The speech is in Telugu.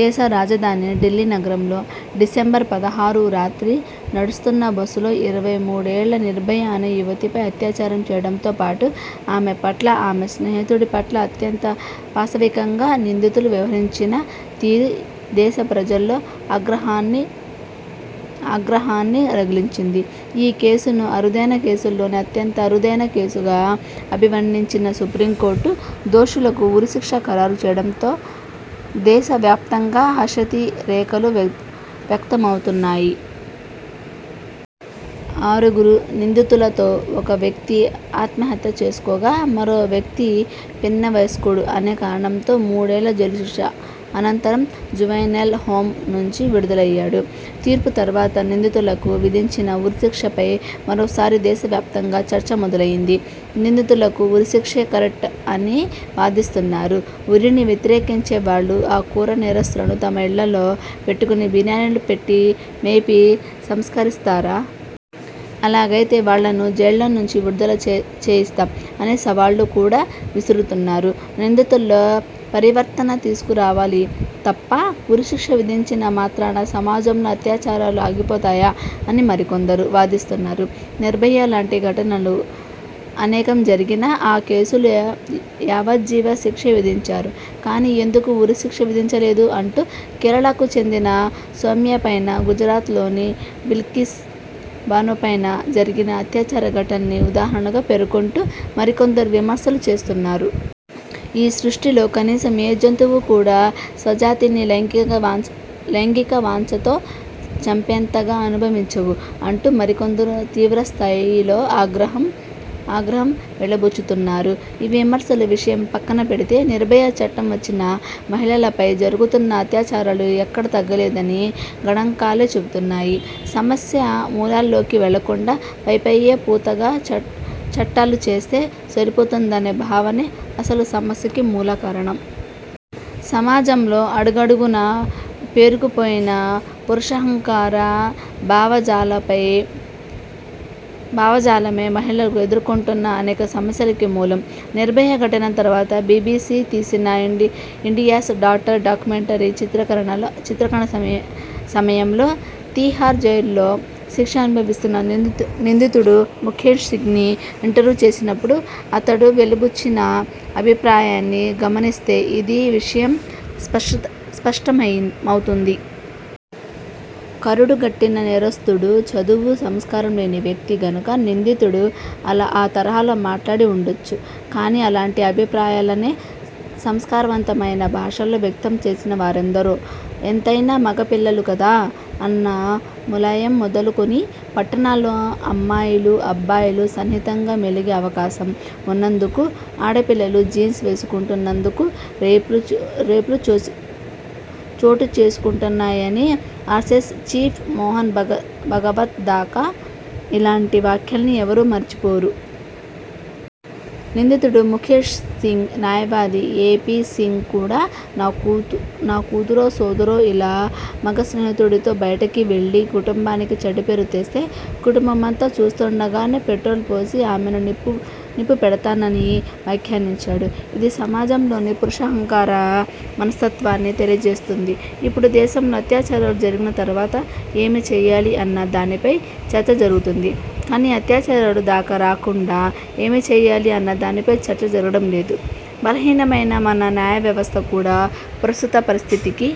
దేశ రాజధాని ఢిల్లీ నగరంలో డిసెంబర్ పదహారు రాత్రి నడుస్తున్న బస్సులో ఇరవై మూడు ఏళ్ళ 'నిర్భయ' అనే యువతిపై అత్యా చారం చేయడంతో పాటు ఆమె పట్ల, ఆమె స్నేహితుడి పట్ల అత్యంత పాశవికంగా నిందితులు వ్యవహరించిన తీరు దేశ ప్రజల్లో ఆగ్రహాగ్ని రగిల్చింది ఈ కేసును అరుదైన కేసుల్లోనే అత్యంత అరుదైన కేసుగా అభివర్ణించిన సుప్రీంకోర్టు దోషులకు ఉరిశిక్ష ఖరారు చేయడంతో దేశ వ్యాప్తంగా హర్షాతిరేకాలు వ్యక్తమవుతున్నాయి. ఆరుగురు నిందితులలో ఒక వ్యక్తి ఆత్మహత్య చేసుకోగా, మరొక వ్యక్తి పిన్న వయస్కుడు అనే కారణంతో మూడేళ్ళ జైలుశిక్ష అనంతరం జువెనైల్ హోమ్ నుంచి విడుదలయ్యాడు. తీర్పు తరువాత నిందితులకు విధించిన ఉరిశిక్షపై మరోసారి దేశవ్యాప్తంగా చర్చ మొదలయ్యింది. నిందితులకు ఉరిశిక్షే కరెక్ట్ అని వాదిస్తున్నవారు ఉరిని వ్యతిరేకించే వాళ్ళు ఆ క్రూర నేరస్థులను తమ ఇళ్ళల్లో పెట్టుకుని బిర్యానీలు పెట్టి మేపి సంస్కరిస్తారా? అలాగైతే వాళ్ళను జైళ్ళ నుంచి విడుదల చేయిస్తాం అని సవాళ్ళు కూడా విసురుతున్నారు. నిందితుల్లో పరివర్తన తీసుకురావాలి తప్ప ఉరిశిక్ష విధించిన మాత్రాన సమాజంలో అత్యాచారాలు ఆగిపోతాయా అని మరికొందరు వాదిస్తున్నారు. నిర్భయ లాంటి ఘటనలు అనేకం జరిగినా ఆ కేసుల్లో యావజ్జీవ శిక్షే విధించారు కానీ, ఎందుకు ఉరిశిక్ష విధించలేదు అంటూ కేరళకు చెందిన సౌమ్యపైనా, గుజరాత్లోని బిల్కిస్ బానోపైనా జరిగిన అత్యాచార ఘటనల్ని ఉదాహరణలుగా పేర్కొంటూ మరికొందరు విమర్శలు చేస్తున్నారు. ఈ సృష్టిలో కనీసం ఏ జంతువు కూడా స్వజాతిని లైంగిక వాంఛతో చంపేంతగా అనుభవించవు అంటూ మరికొందరు తీవ్రస్థాయిలో ఆగ్రహం వెళ్లబుచ్చుతున్నారు. ఈ విమర్శల విషయం పక్కన పెడితేనిర్భయ చట్టం వచ్చినా మహిళలపై జరుగుతున్న అత్యాచారాలు ఎక్కడా తగ్గలేదని గణాంకాలే చెబుతున్నాయి. సమస్య మూలాల్లోకి వెళ్లకుండా పైపై పూతగా చట్టాలు చేస్తే సరిపోతుందనే భావనే అసలు సమస్యకి మూలకారణం. సమాజంలో అడుగడుగునా పేరుకుపోయిన పురుషాహంకార భావజాలమే భావజాలమే మహిళలు ఎదుర్కొంటున్న అనేక సమస్యలకి మూలం. నిర్భయ ఘటన తరువాత బీబీసీ తీసిన ఇండిసి 'ఇండియాస్ డాటర్' డాక్యుమెంటరీ చిత్రీకరణ సమయంలో తీహార్ జైల్లో శిక్ష అనుభవిస్తున్న నిందితుడు ముఖేశ్ సింగ్ని ఇంటర్వ్యూ చేసినప్పుడు అతడు వెలిబుచ్చిన అభిప్రాయాలని గమనిస్తే ఇదే విషయం స్పష్టమవుతుంది. కరుడు గట్టిన నేరస్థుడు, చదువు, సంస్కారం లేని వ్యక్తి గనుక నిందితుడు అలా ఆ తరహాలో మాట్లాడి ఉండొచ్చు కానీ, అలాంటి అభిప్రాయాలనే సంస్కారవంతమైన భాషలో వ్యక్తంచేసిన వారెందరో! 'ఎంతైనా మగ పిల్లలు కదా' అన్న ములాయం మొదలుకొని, 'పట్టణాల్లో అమ్మాయిలు, అబ్బాయిలు సన్నిహితంగా మెలిగే అవకాశం ఉన్నందుకూ, ఆడపిల్లలు జీన్స్ వేసుకుంటున్నందుకూ రేపు రేప్లు చోటుచేసుకుంటున్నాయని' ఆరెస్సెస్ చీఫ్ మోహన్ భగవత్ దాకా ఇలాంటి వ్యాఖ్యల్ని ఎవరూ మరిచిపోరు. నిందితుడు ముకేశ్ సింగ్ న్యాయవాది ఏపీ సింగ్ కూడా నా కూతురో, సోదరో ఇలా మగస్నేహితుడితో బయటకివెళ్ళి కుటుంబానికి చెడ్డపేరు తెస్తే కుటుంబమంతా చూస్తుండగా పెట్రోల్ పోసి ఆమెకు నిప్పు పెడతానని వ్యాఖ్యానించాడు. ఇది సమాజంలోని పురుషాహంకార మనస్తత్వాన్ని తెలియచేస్తుంది. ఇప్పుడు దేశంలో అత్యాచారాలు జరిగిన తరువాత ఏమి చేయాలి అన్న దానిపైనే చర్చ జరుగుతుంది కానీ, అత్యాచారాలు దాకా రాకుండా ఏమి చేయాలి అన్నదానిపై చర్చ జరగడం లేదు. బలహీనమైన మన న్యాయవ్యవస్థ కూడా ప్రస్తుత పరిస్థితికి